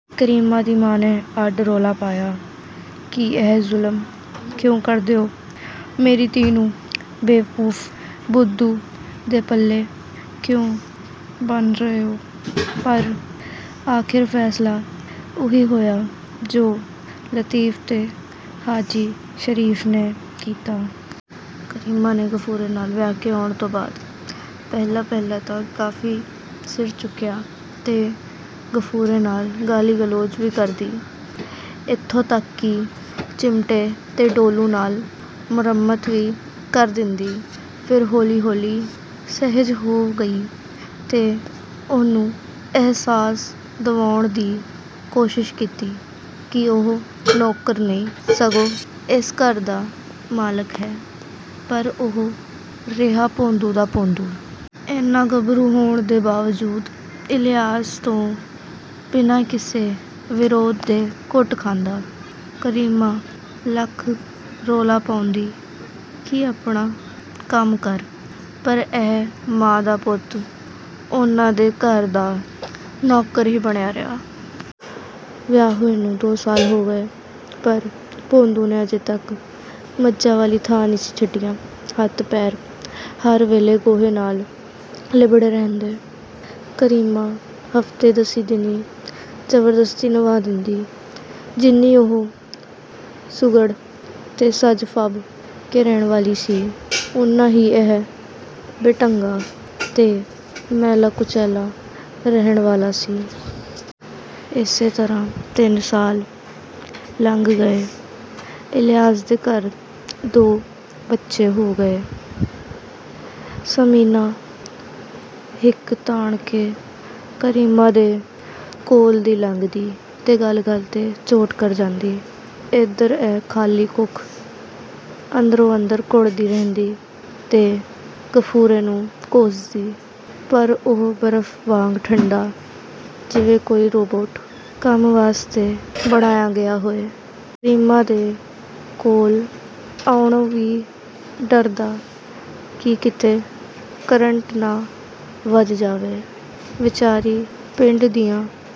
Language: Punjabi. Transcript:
ਕਰੀਮਾਂ ਦੀ ਮਾਂ ਨੇ ਅੱਡ ਰੌਲਾ ਪਾਇਆ ਕਿ ਇਹ ਜ਼ੁਲਮ ਕਿਉਂ ਕਰਦੇ ਓਂ? ਮੇਰੀ ਧੀ ਨੂੰ ਬੇਵਕੂਫ਼, ਬੁੱਧੂ ਦੇ ਪੱਲੇ ਕਿਉਂ ਬੰਨ੍ਹ ਰਹੇ ਓਂ? ਪਰ ਅਖ਼ੀਰ ਫ਼ੈਸਲਾ ਉਹੀ ਹੋਇਆ ਜੋ ਲਤੀਫ਼ ਤੇ ਹਾਜੀ ਸ਼ਰੀਫ਼ ਨੇ ਕੀਤਾ। ਕਰੀਮਾਂ ਨੇ ਗਫੂਰੇ ਨਾਲ ਵਿਆਹ ਕੇ ਆਉਣ ਤੋਂ ਬਾਅਦ ਪਹਿਲਾਂ-ਪਹਿਲਾਂ ਤਾਂ ਕਾਫ਼ੀ ਸਿਰ ਚੁੱਕਿਆ ਤੇ ਗਫੂਰੇ ਨਾਲ ਗਾਲੀ-ਗਲੋਚ ਵੀ ਕਰਦੀ। ਇੱਥੋਂ ਤੱਕ ਕਿ ਚਿਮਟੇ ਤੇ ਡੋਲੂ ਨਾਲ ਮੁਰੰਮਤ ਵੀ ਕਰ ਦਿੰਦੀ। ਫਿਰ ਹੌਲੀ-ਹੌਲੀ ਸਹਿਜ ਹੋ ਗਈ ਤੇ ਉਹਨੂੰ ਅਹਿਸਾਸ ਦਿਵਾਉਣ ਦੀ ਕੋਸ਼ਿਸ਼ ਕੀਤੀ ਕਿ ਉਹ ਨੌਕਰ ਨਹੀਂ, ਸਗੋਂ ਇਸ ਘਰ ਦਾ ਮਾਲਕ ਹੈ, ਪਰ ਉਹ ਰਿਹਾ ਭੌਂਦੂ ਦਾ ਭੌਂਦੂ। ਐਨਾ ਗੱਭਰੂ ਹੋਣ ਦੇ ਬਾਵਜੂਦ ਇਲਿਆਸ ਤੋਂ ਬਿਨਾ ਕਿਸੇ ਵਿਰੋਧ ਦੇ ਕੁੱਟ ਖਾਂਦਾ। ਕਰੀਮਾਂ ਲੱਖ ਰੌਲਾ ਪਾਉਂਦੀ ਕਿ ਆਪਣਾ ਕੰਮ ਕਰ, ਪਰ ਇਹ ਮਾਂ ਦਾ ਪੁੱਤ ਉਨ੍ਹਾਂ ਦੇ ਘਰ ਦਾ ਨੌਕਰ ਹੀ ਬਣਿਆ ਰਿਹਾ। ਵਿਆਹ ਹੋਏ ਨੂੰ ਦੋ ਸਾਲ ਹੋ ਗਏ, ਪਰ ਭੌਂਦੂ ਨੇ ਅਜੇ ਤੱਕ ਮੱਝਾਂ ਵਾਲੀ ਥਾਂ ਨਹੀਂ ਸੀ ਛੱਡਿਆ। ਹੱਥ-ਪੈਰ ਹਰ ਵੇਲੇ ਗੋਹੇ ਨਾਲ ਲਿੱਬੜੇ ਰਹਿੰਦੇ। ਕਰੀਮਾਂ ਹਫ਼ਤੇ-ਦਸੀਂ ਦਿਨੀਂ ਜ਼ਬਰਦਸਤੀ ਨਵ੍ਹਾ ਦਿੰਦੀ। ਜਿੰਨੀ ਉਹ ਸੁਘੜ ਤੇ ਸਜ-ਫਬ ਕੇ ਰਹਿਣ ਵਾਲੀ ਸੀ, ਓਨਾ ਹੀ ਇਹ ਬੇਢੰਗਾ ਤੇ ਮੈਲਾ-ਕੁਚੈਲਾ ਰਹਿਣ ਵਾਲਾ ਸੀ। ਏਸੇ ਤਰ੍ਹਾਂ ਤਿੰਨ ਸਾਲ ਲੰਘ ਗਏ। ਇਲਿਆਸ ਦੇ ਘਰ ਦੋ ਬੱਚੇ ਹੋ ਗਏ। ਸਮੀਨਾ ਹਿੱਕ ਤਾਣ ਕੇ ਕਰੀਮਾਂ ਦੇ ਕੋਲ ਦੀ ਲੰਘਦੀ ਤੇ ਗੱਲ-ਗੱਲ 'ਤੇ ਚੋਟ ਕਰ ਜਾਂਦੀ। ਐਧਰ ਇਹ ਖਾਲੀ ਕੁੱਖ, ਅੰਦਰੋ-ਅੰਦਰ ਕੁੜ੍ਹਦੀ ਰਹਿੰਦੀ ਤੇ ਗਫੂਰੇ ਨੂੰ ਕੋਸਦੀ, ਪਰ ਉਹ ਬਰਫ਼ ਵਾਂਗ ਠੰਢਾ, ਜਿਵੇਂ ਕੋਈ ਰੋਬੋਟ ਕੰਮ ਵਾਸਤੇ ਬਣਾਇਆ ਗਿਆ ਹੋਏ। ਕਰੀਮਾਂ ਦੇ ਕੋਲ ਆਉਣੋਂ ਵੀ ਡਰਦਾ ਕਿ ਕਿਤੇ ਕਰੰਟ ਨਾ ਵੱਜ ਜਾਵੇ। ਵਿਚਾਰੀ ਪਿੰਡ ਦੀਆਂ...